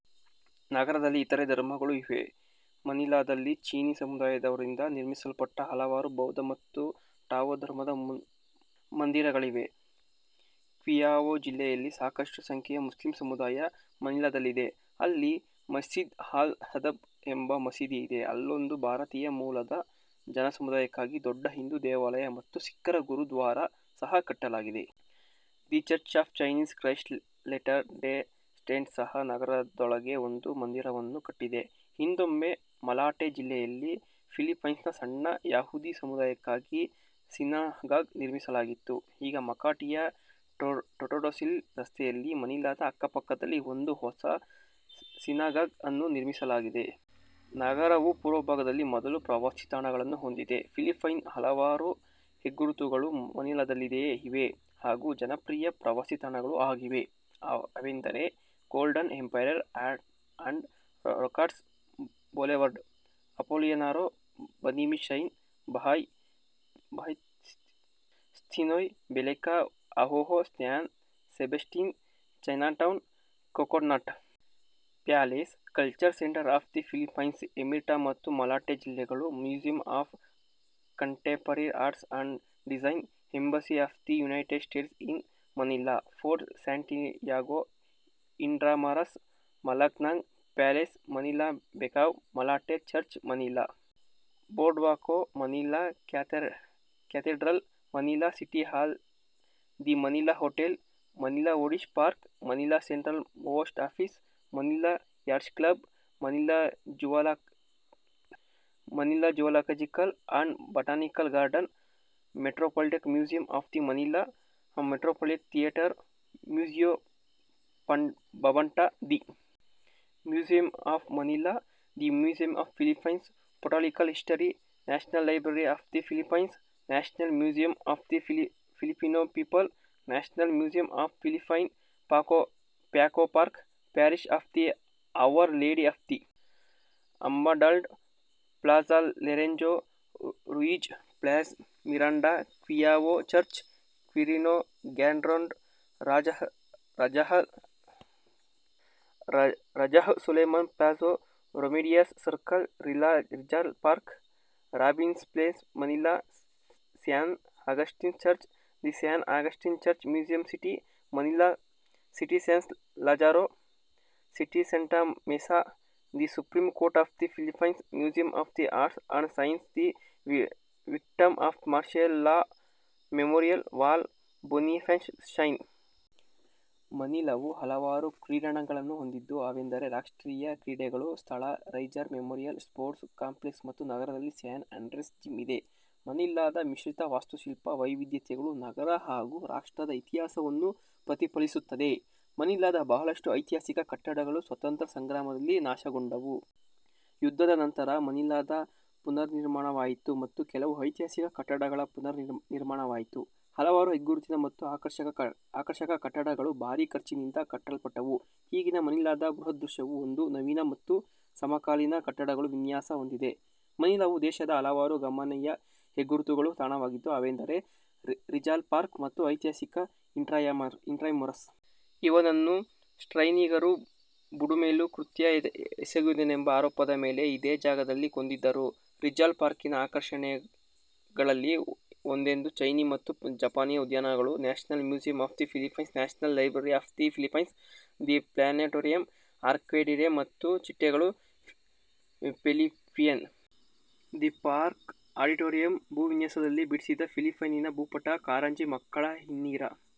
ನಗರದಲ್ಲಿ ಇತರೆ ಧರ್ಮಗಳೂ ಇವೆ. ಮನಿಲಾದಲ್ಲಿ ಚೀನಿ ಸಮುದಾಯದವರಿಂದ ನಿರ್ಮಿಸಲ್ಪಟ್ಟ ಹಲವಾರುಬೌದ್ಧ ಮತ್ತು ಟಾವೋ ಧರ್ಮದ ಮಂದಿರಗಳಿವೆ. ಕ್ವಿಯಾಪೊ ಜಿಲ್ಲೆಯಲ್ಲಿ ಸಾಕಷ್ಟು ಸಂಖ್ಯೆಯ ಮುಸ್ಲಿಂ ಸಮುದಾಯ ಮನಿಲಾದಲ್ಲಿದೆ, ಅಲ್ಲಿ ಮಸ್ಜಿದ್ ಅಲ್-ದಹಬ್ ಎಂಬ ಮಸೀದಿ ಇದೆ. ಅಲ್ಲೊಂದು ಭಾರತೀಯ ಮೂಲದ ಜನಸಮುದಾಯಕ್ಕಾಗಿ ದೊಡ್ಡ ಹಿಂದು ದೇವಾಲಯ ಮತ್ತು ಸಿಖ್ಖರ ಗುರುದ್ವಾರ ಸಹ ಕಟ್ಟಲಾಗಿದೆ. The church of Jesus Christ latter day saints ಸಹ ನಗರದೊಳಗೆ ಒಂದು ಮಂದಿರವನ್ನು ಕಟ್ಟಿದೆ. ಹಿಂದೊಮ್ಮೆ ಮಲಾಟೆ ಜಿಲ್ಲೆಯಲ್ಲಿ ಫಿಲಿಪ್ಪೈನಿನ ಸಣ್ಣ ಯಹೂದಿ ಸಮುದಾಯಕ್ಕಾಗಿ ಸೀನಗಾಗ್ ನಿರ್ಮಿಸಲಾಗಿತ್ತು. ಈಗ ಮಕಾಟಿಯ ಟೋರ್ಡೆಸಿಲಾಸ್ ರಸ್ತೆಯಲ್ಲಿ, ಮನಿಲಾದ ಅಕ್ಕಪಕ್ಕದಲ್ಲಿ ಒಂದು ಹೊಸ ಸಿನಗಾಗ್ ಅನ್ನು ನಿರ್ಮಿಸಲಾಗಿದೆ. ನಗರವು ಪೂರ್ವಭಾಗದಲ್ಲಿ ಮೊದಲ ಪ್ರವಾಸಿ ತಾಣಗಳನ್ನು ಹೊಂದಿದೆ. ಫಿಲಿಪೈನ್ಸ್ನ ಹಲವಾರು ಹೆಗ್ಗುರುತುಗಳು ಮನಿಲಾದಲ್ಲಿಯೇ ಇವೆ, ಹಾಗೂ ಜನಪ್ರಿಯ ಪ್ರವಾಸೀ ತಾಣಗಳೂ ಆಗಿವೆ. ಅವೆಂದರೆ golden empire at Roxas boulevard, Apolinario Mabini shrine, Bahay Tsinoy, basilica of San Sebastian, Chinatown, coconut palace, cultural centre of the Philippines, Ermita ಮತ್ತು ಮಲಾಟೆ ಜಿಲ್ಲೆಗಳು, museum of contemporary arts and design, embassy of the United States in Manila, Fort Santiago, Intramuros, Malacanang palace, Manila Baywalk, Malate church, Manila boardwalk, Manila Cathedral, Manila City Hall, the Manila hotel, Manila ocean park, Manila central post Office, Manila yacht club, Manila zoological and botanical garden, metropolitan museum of Manila, Metropolitan Theater, Museo Pambata, the museum of Manila, the museum of Philippine political history, national library of the Philippines, national museum of the Filipino people, national museum of Philippines, Paco park, parish of the hour lady of the abandoned, plaza Lorenzo Ruiz, plaza Miranda, Quiapo church, Quirino grandstand, Rajah Sulayman plaza, Remedios circle, Rizal park, Robinsons place Manila, San Agustin church, the San Agustin church museum, city Manila, city San Lazaro, city Santa Mesa, the supreme court of the Philippines, museum of arts and sciences ಮತ್ತು the victims of martial law memorial wall Bonifacio shrine. ಮನಿಲಾವು ಹಲವಾರು ಕ್ರೀಡಾಂಗಣಗಳನ್ನೂ ಹೊಂದಿದೆ ಅವೆಂದರೆ ರಾಷ್ಟ್ರೀಯಾ ಕ್ರೀಡೆಗಳ ಸ್ಥಳ Rizal memorial sports complex ಮತ್ತು ನಗರದಲ್ಲಿ San Andres gym ಇದೆ. ಮನಿಲಾದ ಮಿಶ್ರಿತ ವಾಸ್ತುಶಿಲ್ಪ ವೈವಿದ್ಯತೆಗಳು ನಗರ ಹಾಗೂ ರಾಷ್ಟ್ರದ ಇತಿಹಾಸವನ್ನು ಪ್ರತಿಫಲಿಸುತ್ತದೆ. ಮನಿಲಾದ ಬಹಳಷ್ಟು ಐತಿಹಾಸಿಕ ಕಟ್ಟಡಗಳು ಸ್ವತಂತ್ರ ಸಂಗ್ರಾಮದಲ್ಲಿ ನಾಶಗೊಂಡವು. ಯುದ್ಧದ ನಂತರ ಮನಿಲಾದ ಪುನರ್ನಿರ್ಮಾಣವಾಯಿತು ಮತ್ತು ಕೆಲವು ಐತಿಹಾಸಿಕ ಕಟ್ಟಡಗಳ ಪುನರ್ನಿರ್ಮಾಣವಾಯಿತು. ಹಲವಾರು ಹೆಗ್ಗುರುತಿನ ಮತ್ತು ಆಕರ್ಷಕ ಕಟ್ಟಡಗಳು ಭಾರಿ ಖರ್ಚಿನಿಂದ ಕಟ್ಟಲ್ಪಟ್ಟವು. ಈಗಿನ ಮನಿಲಾದ ಭೂದೃಶ್ಯವು ಒಂದು ನವೀನ ಮತ್ತು ಸಮಕಾಲೀನ ಕಟ್ಟಡಗಳ ವಿನ್ಯಾಸ ಹೊಂದಿದೆ. ಮನಿಲಾವು ದೇಶದ ಹಲವಾರು ಗಮನೀಯ ಹೆಗ್ಗುರುತುಗಳ ತಾಣವಾಗಿತ್ತು, ಅವೆಂದರೆ ರಿಜಾಲ್ ಪಾರ್ಕ್, ಮತ್ತು ಐತಿಹಾಸಿಕ ಇಂಟ್ರಾಮುರಸ್. ಇವನನ್ನು ಸ್ಪೈನಿಗರು ಬುಡಮೇಲು ಕೃತ್ಯ ಎಸಗಿದನೆಂಬ ಆರೋಪದ ಮೇಲೆ ಇದೇ ಜಾಗದಲ್ಲಿ ಕೊಂದಿದ್ದರು. ರಿಜಾಲ್ ಪಾರ್ಕಿನ ಆಕರ್ಷಣೆಗಳಲ್ಲಿ ಒಂದೆಂದರೆ ಚೈನೀ ಮತ್ತು ಜಪಾನೀ ಉದ್ಯಾನಗಳು, national museum of Philippines, national library of the Philippines, the planetarium, orchidarium ಮತ್ತು ಚಿಟ್ಟೆಗಳ ಪೆವಿಲಿಯನ್, ದಿ ಪಾರ್ಕ್ ಆಡಿಟೋರಿಯಂ, ಭೂವಿನ್ಯಾಸದಲ್ಲಿ ಬಿಡಿಸಿದ ಫಿಲಿಪೈನಿನ ಭೂಪಟ, ಕಾರಂಜಿ ಮಕ್ಕಳ ಹಿನ್ನೀರ